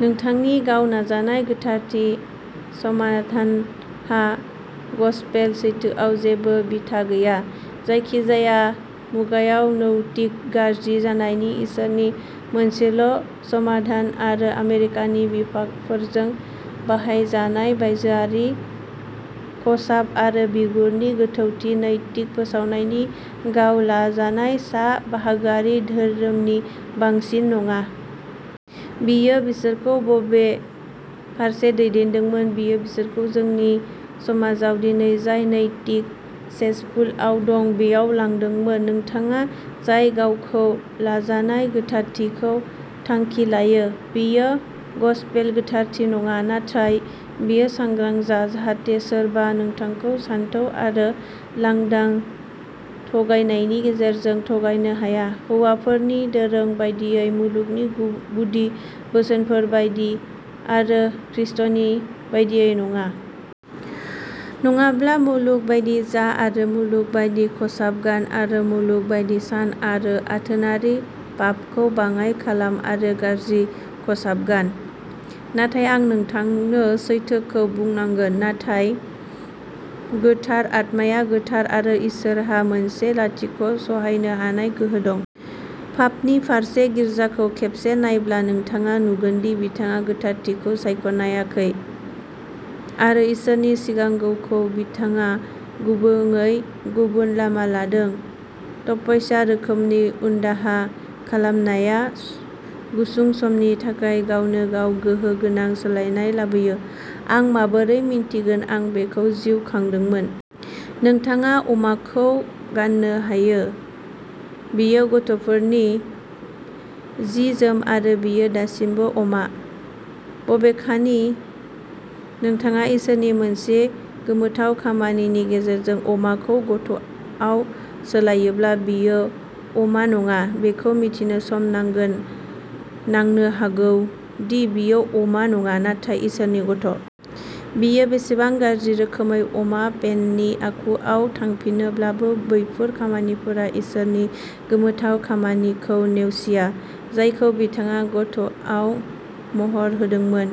नोंथांनि गाव नाजानाय गोथारथिनि समाधानहा गसपेल सैथोआव जेबो बिथा गैया। जायखिजाया मुगायाव नैतिक गाज्रि जानायनि इसोरनि मोनसेल' समाधानआ आमेरिकानि बिफाफोरजों बाहायजानाय बायजोआरि खसाब आरो बिगुरनि गोथौ नैतिक फोसाबनायनि गाव लाजानाय सा बाहागोआरि धोरोमनि बांसिन नङा। बेयो बिसोरखौ बबे फारसे दैदेनदोंमोन बेयो बिसोरखौ जोंनि समाजआ दिनै जाय नैतिक सेसपुलआव दं, बैयाव लांदोंमोन। नोंथाङा जाय गावखौ लाजानाय गोथारथिखौ थांखि लायो, बेयो गसपेल गोथारथि नङा, नाथाय बेयो सांग्रां जा जाहाथे सोरबा नोंथांखौ सानथौ आरो लांदां थगायनायनि गेजेरजों थगायनो हाया, हौवाफोरनि दोरों बायदियै, मुलुगनि गुदि बोसोनफोर बायदियै आरो खृष्टनि बायदियै नङा। नङाब्ला मुलुग बायदि जा आरो मुलुग बायदि खसाब गान आरो मुलुग बायदि सान आरो आथोनारि पापखौ बाङाइ खालाम आरो गाज्रि खसाब गान। नाथाय आं नोंथांनो सैथोखौ बुंनांगोन, गोथार नाथाय आत्माया गोथार आरो इसोरहा मोनसे लाथिख' सहायनो हानाय गोहो दं। पापनि फारसे। गिर्जाखौ खेबसे नायब्ला नोंथाङा नुगोन दि बिथाङा गोथारथिखौ सायख'नायाखै आरो इसोरनि गिनांगौखौ बिथाङा आबुङै गुबुन लामा लादों। तपस्या रोखोमनि उनदाहा खालामनाया गुसुं समनि थाखाय गावनो गाव गोहो गोनां सोलायनाय लाबोयो। आं माबोरै मिन्थिगोन आं बेखौ जिउ खांदोंमोन। नोंथाङा अमाखौ गान्नो हायो, बेयो गथ'फोरनि जि-जोम आरो बेयो दासिमबो अमा। बबेखानि नोंथाङा इसोरनि मोनसे गोमोथाव खामानिनि गेजेरजों अमाखौ गथ'आव सोलायोब्ला बेयो अमा नङा। बेखौ मिथिनो सम नांगोन नांनो हागौ दि बेयो अमा नङा, नाथाय इसोरनि गथ'। बेयो बेसेबां गाज्रि रोखोमै अमा पेननि आखुआव थांफिनोब्लाबो बैफोर खामानिफोरा इसोरनि गोमोथाव खामानिखौ नेवसिया, जायखौ बिथाङा गथ'आव महर होदोंमोन।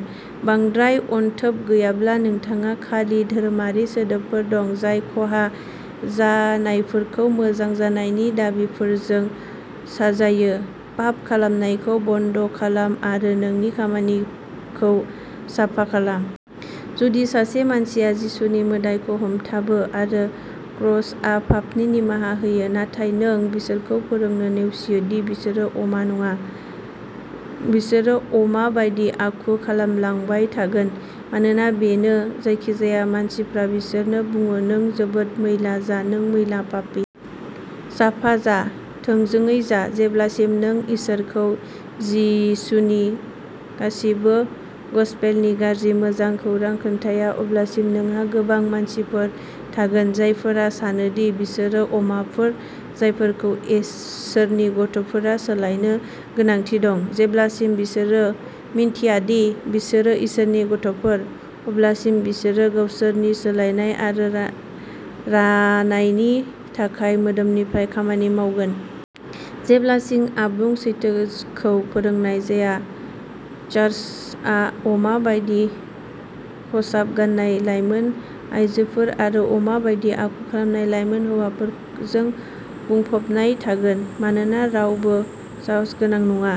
बांद्राय अनथोब गैयाब्ला नोंथाङा खालि धोरोमारि सोदोबफोर दं, जाय खहा जानायफोरखौ मोजां जानायनि दाबिफोरजों साजायो, पाप खालामनायखौ बन्द खालाम आरो नोंनि खामानिखौ साफा खालाम। जुदि सासे मानसिया जिसुनि मोदाइखौ हमथाबो आरो क्रसआ पापनि निमाहा होयो, नाथाय नों बिसोरखौ फोरोंनो नेवसियो दि बिसोरो अमा नङा, बिसोरो अमा बायदि आखु खालामलांबाय थागोन मानोना बेनो जायखिजाया मानसिफ्रा बिसोरनो बुङो। नों जोबोद मैला जा, नों मैला पापी। साफा जा। थोंजोङै जा। जेब्लासिम नों बिसोरखौ जिसुनि गासिबो गसपेलनि गाज्रि मोजां खौरां खोन्थाया, अब्लासिम नोंहा गोबां मानसिफोर थागोन, जायफोरा सानो दि बिसोरो अमाफोर, जायफोरखौ इसोरनि गथ'फोराव सोलायनो गोनांथि दं। जेब्लासिम बिसोरो मिन्थिया दि बिसोरो इसोरनि गथ'फोर, अब्लासिम बिसोरो गावसोरनि सोलायनाय आरो रानायनि थाखाय मोदोमनिफ्राय खामानि मावगोन। जेब्लासिम आबुं सैथोखौ फोरोंनाय जाया, चार्चआ अमा बायदि खसाब गान्नाय लाइमोन आयजोफोर आरो अमा बायदि आखु खालामनाय लाइमोन हौवाफोरजों बुंफबनाय थागोन, मानोना रावबो साहसगोनां नङा।